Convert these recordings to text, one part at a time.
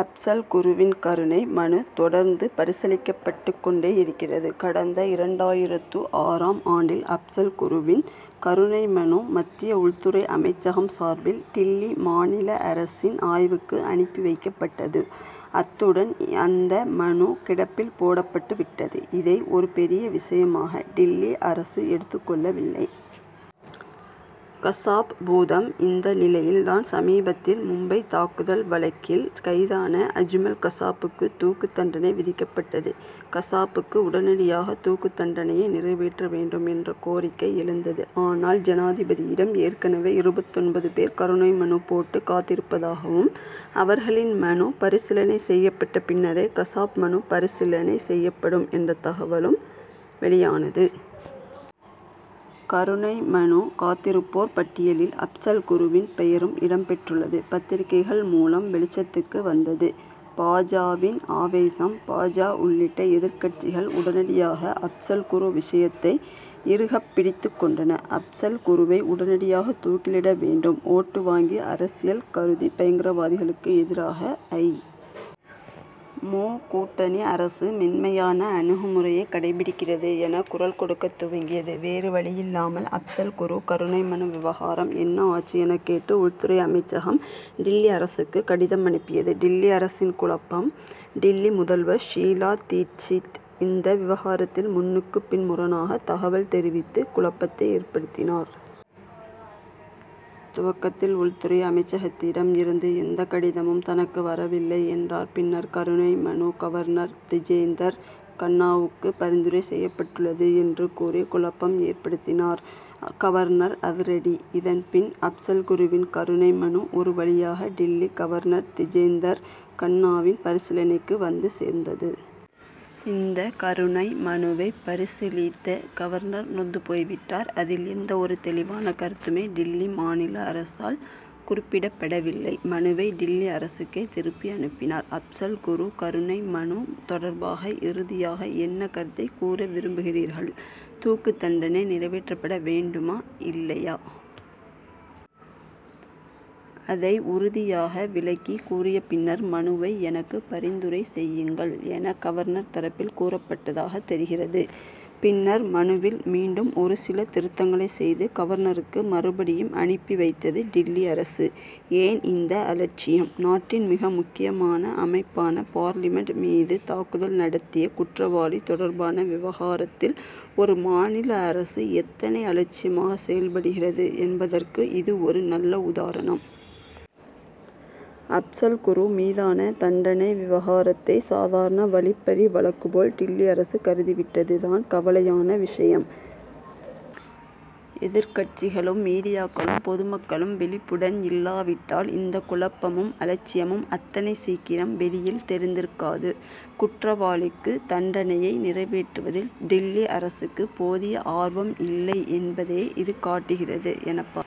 அப்சல் குருவின் கருணை மனு தொடர்ந்து பரிசீலிக்கப்பட்டுக் கொண்டே இருக்கிறது. கடந்த இரண்டாயிரத்து ஆறாம் ஆண்டில் அப்சல் குருவின் கருணை மனு மத்திய உள்துறை அமைச்சகம் சார்பில் டில்லி மாநில அரசின் ஆய்வுக்கு அனுப்பி வைக்கப்பட்டது. அத்துடன் அந்த மனு கிடப்பில் போடப்பட்டு விட்டது. இதை ஒரு பெரிய விஷயமாக டில்லி அரசு எடுத்துக் கொள்ளவில்லை. கசாப் பூதம் இந்த நிலையில் தான் சமீபத்தில் மும்பை தாக்குதல் வழக்கில் கைதான அஜ்மல் கசாப்புக்கு தூக்கு தண்டனை விதிக்கப்பட்டது. கசாபுக்கு உடனடியாக தூக்கு தண்டனையை நிறைவேற்ற வேண்டும் என்ற கோரிக்கை எழுந்தது. ஆனால் ஜனாதிபதியிடம் ஏற்கனவே இருபத்தொன்பது பேர் கருணை மனு போட்டு காத்திருப்பதாகவும் அவர்களின் மனு பரிசீலனை செய்யப்பட்ட பின்னரே கசாப் மனு பரிசீலனை செய்யப்படும் என்ற தகவலும் வெளியானது. கருணை மனு காத்திருப்போர் பட்டியலில் அப்சல் குருவின் பெயரும் இடம் பெற்றுள்ளது பத்திரிகைகள் மூலம் வெளிச்சத்துக்கு வந்தது. பா. ஜ.வின் ஆவேசம் பா. ஜ. உள்ளிட்ட எதிர்க்கட்சிகள் உடனடியாக அப்சல் குரு விஷயத்தை இறுக பிடித்துக் கொண்டன. அப்சல் குருவை உடனடியாக தூக்கிலிட வேண்டும். ஓட்டு வங்கி அரசியல் கருதி பயங்கரவாதிகளுக்கு எதிராக ஐ. மு. கூட்டணி அரசு மென்மையான அணுகுமுறையை கடைப்பிடிக்கிறது என குரல் கொடுக்கத் துவங்கியது. வேறு வழியில்லாமல் அப்சல் குரு கருணை மனு விவகாரம் என்ன ஆச்சு என கேட்டு உள்துறை அமைச்சகம் டில்லி அரசுக்கு கடிதம் அனுப்பியது. டில்லி அரசின் குழப்பம் டில்லி முதல்வர் ஷீலா தீட்சித் இந்த விவகாரத்தில் முன்னுக்கு பின் முரணாக தகவல் தெரிவித்து குழப்பத்தை ஏற்படுத்தினார். துவக்கத்தில் உள்துறை அமைச்சகத்திடம் இருந்து எந்த கடிதமும் தனக்கு வரவில்லை என்றார். பின்னர் கருணை மனு கவர்னர் திஜேந்தர் கண்ணாவுக்கு பரிந்துரை செய்யப்பட்டுள்ளது என்று கூறி குழப்பம் ஏற்படுத்தினார். கவர்னர் அதிரடி இதன்பின் அப்சல் குருவின் கருணை மனு ஒரு வழியாக டில்லி கவர்னர் திஜேந்தர் கண்ணாவின் பரிசீலனைக்கு வந்து சேர்ந்தது. இந்த கருணை மனுவை பரிசீலித்த கவர்னர் நொந்து போய்விட்டார். அதில் எந்த ஒரு தெளிவான கருத்துமே டில்லி மாநில அரசால் குறிப்பிடப்படவில்லை. மனுவை டில்லி அரசுக்கே திருப்பி அனுப்பினார். அப்சல் குரு கருணை மனு தொடர்பாக இறுதியாக என்ன கருத்தை கூற விரும்புகிறீர்கள். தூக்கு தண்டனை நிறைவேற்றப்பட வேண்டுமா இல்லையா? அதை உறுதியாக விளக்கி கூறிய பின்னர் மனுவை எனக்கு பரிந்துரை செய்யுங்கள் என கவர்னர் தரப்பில் கூறப்பட்டதாக தெரிகிறது. பின்னர் மனுவில் மீண்டும் ஒரு சில திருத்தங்களை செய்து கவர்னருக்கு மறுபடியும் அனுப்பி வைத்தது டில்லி அரசு. ஏன் இந்த அலட்சியம்? நாட்டின் மிக முக்கியமான அமைப்பான பார்லிமென்ட் மீது தாக்குதல் நடத்திய குற்றவாளி தொடர்பான விவகாரத்தில் ஒரு மாநில அரசு எத்தனை அலட்சியமாக செயல்படுகிறது என்பதற்கு இது ஒரு நல்ல உதாரணம். அப்சல் குரு மீதான தண்டனை விவகாரத்தை சாதாரண வழிப்பறி வழக்கு போல் டில்லி அரசு கருதி விட்டது தான் கவலையான விஷயம். எதிர்க்கட்சிகளும் மீடியாக்களும் பொதுமக்களும் விழிப்புடன் இல்லாவிட்டால் இந்த குழப்பமும் அலட்சியமும் அத்தனை சீக்கிரம் வெளியில் தெரிந்திருக்காது. குற்றவாளிக்கு தண்டனையை நிறைவேற்றுவதில் டில்லி அரசுக்கு போதிய ஆர்வம் இல்லை என்பதையே இது காட்டுகிறது என பா.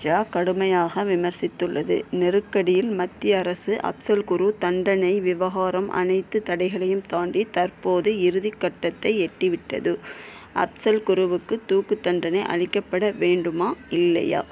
ஜ. கடுமையாக விமர்சித்துள்ளது. நெருக்கடியில் மத்திய அரசு அப்சல் குரு தண்டனை விவகாரம் அனைத்து தடைகளையும் தாண்டி தற்போது இறுதிக் கட்டத்தை எட்டி விட்டது. அப்சல் குருவுக்கு தூக்கு தண்டனை அளிக்கப்பட வேண்டுமா இல்லையா